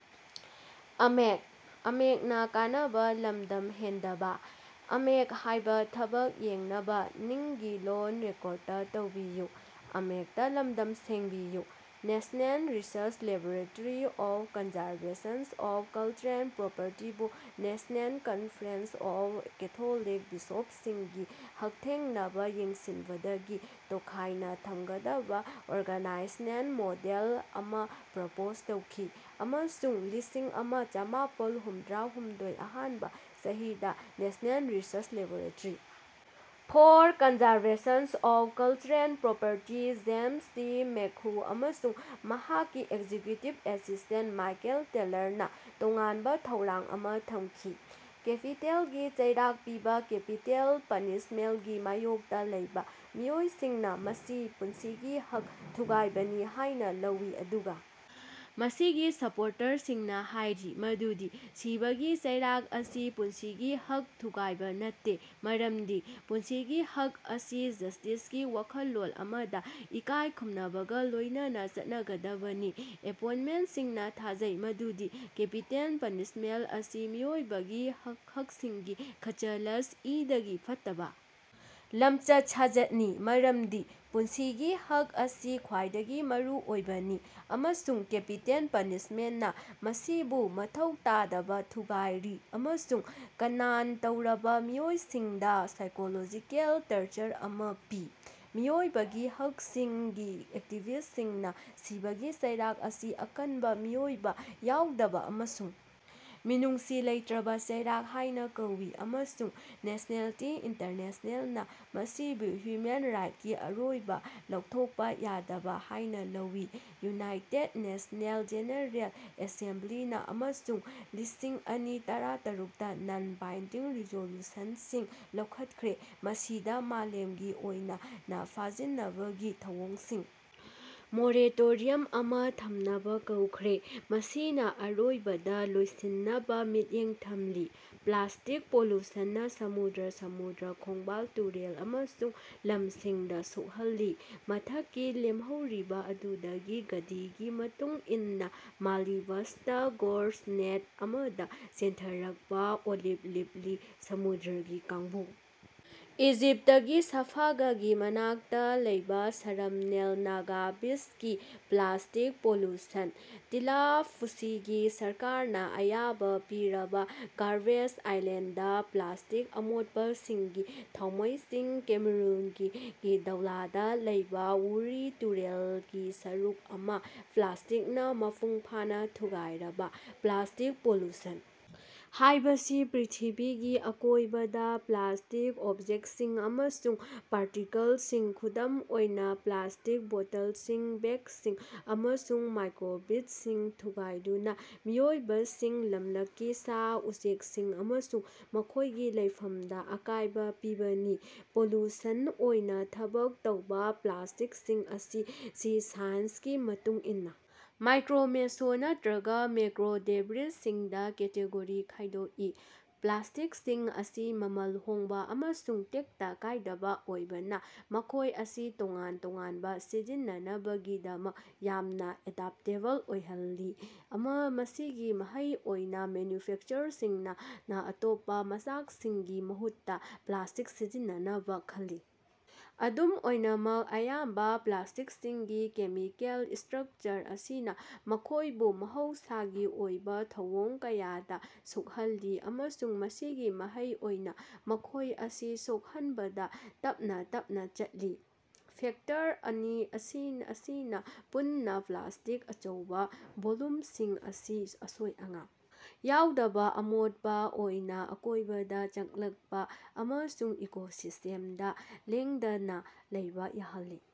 National research laboratory for conservation of cultural ꯄ꯭ꯔꯣꯄꯔꯇꯤꯕꯨ national conference of Catholic ꯕꯤꯁꯣꯞꯁꯤꯡꯒꯤ ꯍꯛꯊꯦꯡꯅꯕꯥ ꯌꯦꯡꯁꯤꯟꯕꯗꯒꯤ ꯇꯣꯈꯥꯏꯅꯥ ꯊꯝꯒꯗꯕꯥ ꯑꯣꯔꯒꯥꯅꯥꯏꯖꯦꯁꯅꯦꯜ ꯃꯣꯗꯦꯜ ꯑꯃꯥ ꯄ꯭ꯔꯄꯣꯖ ꯇꯧꯈꯤ ꯑꯃꯁꯨꯡ ꯂꯤꯁꯤꯡ ꯑꯃ ꯆꯃꯥꯄꯟ ꯍꯨꯝꯗ꯭ꯔꯥ ꯍꯨꯝꯗꯣꯏ ꯑꯍꯥꯟꯕꯥ ꯆꯍꯤꯗꯥ national research laboratory for conservation of cultural property James T ꯃꯦꯀꯍꯨ ꯑꯃꯁꯨꯡ ꯃꯍꯥꯛꯀꯤ ꯑꯦꯛꯖꯤꯀ꯭ꯌꯨꯇꯤꯕ ꯑꯦꯁꯤꯁ꯭ꯇꯦꯟꯠ ꯃꯥꯏꯀꯦꯜ ꯇꯦꯂꯔꯅꯥ ꯇꯣꯉꯥꯟꯕꯥ ꯊꯧꯔꯥꯡ ꯑꯃꯥ ꯊꯝꯈꯤ꯫ ꯀꯦꯄꯤꯇꯦꯜꯒꯤ ꯆꯩꯔꯥꯛ ꯄꯤꯕ ꯀꯦꯄꯤꯇꯦꯜ ꯄꯅꯤꯁꯃꯦꯟꯠꯀꯤ ꯃꯥꯌꯣꯛꯇꯥ ꯂꯩꯕꯥ ꯃꯤꯑꯣꯏꯁꯤꯡꯅꯥ ꯃꯁꯤ ꯄꯨꯟꯁꯤꯒꯤ ꯍꯛ ꯊꯨꯒꯥꯏꯕꯅꯤ ꯍꯥꯏꯅꯥ ꯂꯧꯏ ꯑꯗꯨꯒꯥ ꯃꯁꯤꯒꯤ ꯁꯄꯣꯔꯇꯔꯁꯤꯡꯅꯥ ꯍꯥꯏꯔꯤ ꯃꯗꯨꯗꯤ ꯁꯤꯕꯒꯤ ꯆꯩꯔꯥꯛ ꯑꯁꯤ ꯄꯨꯟꯁꯤꯒꯤ ꯍꯛ ꯊꯨꯒꯥꯏꯕꯥ ꯅꯠꯇꯦ ꯃꯔꯝꯗꯤ ꯄꯨꯟꯁꯤꯒꯤ ꯍꯛ ꯑꯁꯤ ꯖꯁꯇꯤꯁꯀꯤ ꯋꯥꯈꯜꯂꯣꯟ ꯑꯃꯗꯥ ꯏꯀꯥꯏ ꯈꯨꯝꯅꯕꯒꯥ ꯂꯣꯏꯅꯅꯥ ꯆꯠꯅꯒꯗꯕꯅꯤ꯫ ꯑꯦꯄꯣꯏꯟꯠꯃꯦꯟꯠꯁꯤꯡꯅꯥ ꯊꯥꯖꯩ ꯃꯗꯨꯗꯤ ꯀꯦꯄꯤꯇꯦꯜ ꯄꯅꯤꯁꯃꯦꯟꯠ ꯑꯁꯤ ꯃꯤꯑꯣꯏꯕꯒꯤ ꯍꯛꯁꯤꯡꯒꯤ ꯈ꯭ꯆꯥꯂꯆ ꯏꯗꯒꯤ ꯐꯠꯇꯕꯥ ꯂꯝꯆꯠ ꯁꯥꯖꯠꯅꯤ ꯃꯔꯝꯗꯤ ꯄꯨꯟꯁꯤꯒꯤ ꯍꯛ ꯑꯁꯤ ꯈ꯭ꯋꯥꯏꯗꯒꯤ ꯃꯔꯨꯑꯣꯏꯕꯅꯤ ꯑꯃꯁꯨꯡ ꯀꯦꯄꯤꯇꯦꯜ ꯄꯅꯤꯁꯃꯦꯟꯠꯅꯥ ꯃꯁꯤꯕꯨ ꯃꯊꯧ ꯇꯥꯗꯅꯥ ꯊꯨꯒꯥꯏꯔꯤ ꯑꯃꯁꯨꯡ ꯀꯟꯅꯥꯜ ꯇꯧꯔꯕꯥ ꯃꯤꯑꯣꯏꯁꯤꯡꯗꯥ ꯁꯥꯏꯀꯣꯂꯣꯖꯤꯀꯦꯜ ꯇꯔꯆꯔ ꯑꯃꯥ ꯄꯤ꯫ ꯃꯤꯑꯣꯏꯕꯒꯤ ꯍꯛꯁꯤꯡꯒꯤ ꯑꯦꯛꯇꯤꯕꯤꯁ꯭ꯠꯁꯤꯡꯅꯥ ꯁꯤꯕꯒꯤ ꯆꯩꯔꯥꯛ ꯑꯁꯤ ꯑꯀꯟꯕ ꯃꯤꯑꯣꯏꯕꯥ ꯌꯥꯎꯗꯕ ꯑꯃꯁꯨꯡ ꯃꯤꯅꯨꯡꯁꯤ ꯂꯩꯇ꯭ꯔꯕꯥ ꯆꯩꯔꯥꯛ ꯍꯥꯏꯅ ꯀꯧꯏ ꯑꯃꯁꯨꯡ ꯑꯦꯝꯅꯦꯁ꯭ꯇꯤ ꯏꯟꯇꯔꯅꯦꯁꯅꯦꯜꯅꯥ ꯃꯁꯤꯕꯨ ꯍ꯭ꯌꯨꯃꯦꯟ ꯔꯥꯏꯠꯁꯀꯤ ꯑꯔꯣꯏꯕꯥ ꯂꯧꯊꯣꯛꯄ ꯌꯥꯗꯕꯥ ꯍꯥꯏꯅꯥ ꯂꯧꯏ꯫ ꯌꯨꯅꯥꯏꯇꯦꯗ ꯅꯦꯁꯟꯁ ꯖꯦꯅꯦꯔꯦꯜ ꯑꯦꯁꯦꯝꯕ꯭ꯂꯤꯅꯥ ꯑꯃꯁꯨꯡ ꯂꯤꯁꯤꯡ ꯑꯅꯤ ꯇꯔꯥꯇꯔꯨꯛꯇ ꯅꯟ ꯕꯥꯏꯟꯗꯤꯡ ꯔꯤꯖꯣꯂꯨꯁꯟꯁꯤꯡ ꯂꯧꯈꯠꯈ꯭ꯔꯦ ꯃꯁꯤꯗꯥ ꯃꯥꯂꯦꯝꯒꯤ ꯑꯣꯏꯅꯥ ꯐꯥꯖꯤꯅꯕꯒꯤ ꯊꯧꯑꯣꯡꯁꯤꯡ ꯃꯣꯔꯦꯇꯣꯔꯤꯌꯨꯝ ꯑꯃꯥ ꯊꯝꯅꯕꯥ ꯀꯧꯈ꯭ꯔꯦ ꯃꯁꯤꯅꯥ ꯑꯔꯣꯏꯕꯗꯥ ꯂꯣꯏꯁꯤꯟꯅꯕꯥ ꯃꯤꯠꯌꯦꯡ ꯊꯝꯂꯤ꯫ ꯄ꯭ꯂꯥꯁꯇꯤꯛ ꯄꯣꯂꯨꯁꯟꯅꯥ ꯁꯃꯨꯗ꯭ꯔ ꯁꯃꯨꯗ꯭ꯔ ꯈꯣꯡꯕꯥꯜ ꯇꯨꯔꯦꯜ ꯑꯃꯁꯨꯡ ꯂꯝꯁꯤꯡꯗꯥ ꯁꯣꯛꯍꯜꯂꯤ꯫ ꯃꯊꯛꯀꯤ ꯂꯦꯝꯍꯧꯔꯤꯕꯥ ꯑꯗꯨꯗꯒꯤ ꯘꯗꯤꯒꯤ ꯃꯇꯨꯡ ꯏꯟꯅꯥ ꯃꯥꯜꯗꯤꯕꯁꯇꯥ ꯒꯣꯁ꯭ꯠ ꯅꯦꯠ ꯑꯃꯗꯥ ꯆꯦꯟꯊꯔꯛꯄꯥ ꯑꯣꯂꯤꯚ ꯔꯤꯗꯂꯤ ꯁꯃꯨꯗ꯭ꯔꯒꯤ ꯀꯥꯡꯕꯨ ꯏꯖꯤꯞꯇꯀꯤ ꯁꯥꯐꯥꯒꯥꯒꯤ ꯃꯅꯥꯛꯇꯥ ꯂꯩꯕꯥ ꯁꯔꯝ ꯑꯦꯜ ꯅꯥꯒꯥ ꯕꯤꯆꯀꯤ ꯄ꯭ꯂꯥꯁꯇꯤꯛ ꯄꯣꯂꯨꯁꯟ꯫ ꯇꯤꯂꯥꯐꯨꯁꯤꯒꯤ ꯁꯔꯀꯥꯔꯅꯥ ꯑꯌꯥꯕꯥ ꯄꯤꯔꯕꯥ ꯒꯥꯔꯕꯦꯖ ꯑꯥꯏꯂꯦꯟꯗ ꯗꯥ ꯄ꯭ꯂꯥꯁꯇꯤꯛ ꯑꯃꯣꯠꯄꯁꯤꯡꯒꯤ ꯊꯥꯎꯃꯩꯁꯤꯡ ꯀꯦꯃꯔꯨꯟꯒꯤ ꯗꯧꯂꯥꯗꯥ ꯂꯩꯕꯥ ꯋꯨꯔꯤ ꯇꯨꯔꯦꯜꯒꯤ ꯁꯔꯨꯛ ꯑꯃꯥ ꯄ꯭ꯂꯥꯁꯇꯤꯛꯅꯥ ꯃꯄꯨꯡ ꯐꯥꯅꯥ ꯊꯨꯒꯥꯏꯔꯕꯥ꯫ ꯄ꯭ꯂꯥꯁꯇꯤꯛ ꯄꯣꯂꯨꯁꯟ ꯍꯥꯏꯕꯁꯤ ꯄ꯭ꯔꯤꯊꯤꯕꯤꯒꯤ ꯑꯀꯣꯏꯕꯗꯥ ꯄ꯭ꯂꯥꯁꯇꯤꯛ ꯑꯣꯕꯖꯦꯛꯁꯤꯡ ꯑꯃꯁꯨꯡ ꯄꯥꯔꯇꯤꯀꯜꯁꯤꯡ ꯈꯨꯗꯝ ꯑꯣꯏꯅꯥ ꯄ꯭ꯂꯥꯁꯇꯤꯛ ꯕꯣꯇꯜꯁꯤꯡ ꯕꯦꯒꯁꯤꯡ ꯑꯃꯁꯨꯡ ꯃꯥꯏꯀ꯭ꯔꯣꯕꯤꯗꯁꯤꯡ ꯊꯨꯒꯥꯏꯗꯨꯅꯥ ꯃꯤꯑꯣꯏꯕꯁꯤꯡ ꯂꯝꯂꯛꯀꯤ ꯁꯥ ꯎꯆꯦꯛꯁꯤꯡ ꯑꯃꯁꯨꯡ ꯃꯈꯣꯏꯒꯤ ꯂꯩꯐꯝꯗꯥ ꯑꯀꯥꯏꯕꯥ ꯄꯤꯕꯅꯤ꯫ ꯄꯣꯂꯨꯁꯟ ꯑꯣꯏꯅꯥ ꯊꯕꯛ ꯇꯧꯕꯥ ꯄ꯭ꯂꯥꯁꯇꯤꯛꯁꯤꯡ ꯑꯁꯤ ꯁꯥꯏꯖꯒꯤ ꯃꯇꯨꯡ ꯏꯟꯅꯥ ꯃꯥꯏꯀ꯭ꯔꯣ ꯃꯦꯁꯣ ꯅꯠꯇ꯭ꯔꯒꯥ ꯃꯦꯀ꯭ꯔꯣ ꯗꯦꯕ꯭ꯔꯤꯁꯁꯤꯡꯗꯥ ꯀꯦꯇꯦꯒꯣꯔꯤ ꯈꯥꯌꯗꯣꯛꯏ꯫ ꯄ꯭ꯂꯥꯁꯇꯤꯛꯁꯤꯡ ꯑꯁꯤ ꯃꯃꯜ ꯍꯣꯡꯕꯥ ꯑꯃꯁꯨꯡ ꯇꯦꯛꯇ ꯀꯥꯏꯗꯕꯥ ꯑꯣꯏꯕꯅꯥ ꯃꯈꯣꯏ ꯑꯁꯤ ꯇꯣꯉꯥꯟ ꯇꯣꯉꯥꯟꯕꯥ ꯁꯤꯖꯤꯟꯅꯅꯕꯒꯤꯗꯃꯛ ꯌꯥꯝꯅꯥ ꯑꯦꯗꯞꯇꯦꯕꯜ ꯑꯣꯏꯍꯜꯂꯤ ꯃꯁꯤꯒꯤ ꯃꯍꯩ ꯑꯣꯏꯅꯥ ꯃꯦꯅ꯭ꯌꯨꯐꯦꯛꯆꯔꯔꯁꯤꯡꯅꯥ ꯑꯇꯣꯞꯄꯥ ꯃꯆꯥꯛꯁꯤꯡꯒꯤ ꯃꯍꯨꯠꯇꯥ ꯄ꯭ꯂꯥꯁꯇꯤꯛ ꯁꯤꯖꯤꯟꯅꯅꯕꯥ ꯈꯜꯂꯤ꯫ ꯑꯗꯨꯝ ꯑꯣꯏꯅꯃꯛ ꯑꯌꯥꯝꯕꯥ ꯄ꯭ꯂꯥꯁꯇꯤꯛꯁꯤꯡꯒꯤ ꯀꯦꯃꯤꯀꯦꯜ ꯁ꯭ꯇꯔꯛꯆꯔ ꯑꯁꯤꯅꯥ ꯃꯈꯣꯏꯕꯨ ꯃꯍꯧꯁꯥꯒꯤ ꯑꯣꯏꯕꯥ ꯊꯧꯑꯣꯡ ꯀꯌꯥꯗꯥ ꯁꯣꯛꯍꯜꯂꯤ ꯑꯃꯁꯨꯡ ꯃꯁꯤꯒꯤ ꯃꯍꯩ ꯑꯣꯏꯅꯥ ꯃꯈꯣꯏ ꯑꯁꯤ ꯁꯣꯛꯍꯟꯕꯗꯥ ꯇꯞꯅꯥ ꯇꯞꯅꯥ ꯆꯠꯂꯤ꯫ ꯐꯦꯛꯇꯔ ꯑꯅꯤ ꯑꯁꯤꯅꯥ ꯄꯨꯟꯅꯥ ꯄ꯭ꯂꯥꯁꯇꯤꯛ ꯑꯆꯧꯕꯥ ꯚꯣꯜꯌꯨꯝꯁꯤꯡ ꯑꯁꯤ ꯑꯁꯣꯏ ꯑꯉꯥꯝ ꯌꯥꯎꯗꯕꯥ ꯑꯃꯣꯠꯄꯥ ꯑꯣꯏꯅꯥ ꯑꯀꯣꯏꯕꯗꯥ ꯆꯪꯂꯛꯄꯥ ꯑꯃꯁꯨꯡ ꯏꯀꯣꯁꯤꯁ꯭ꯇꯦꯝꯗꯥ ꯂꯦꯡꯗꯅꯥ ꯂꯩꯕꯥ ꯌꯥꯍꯜꯂꯤ꯫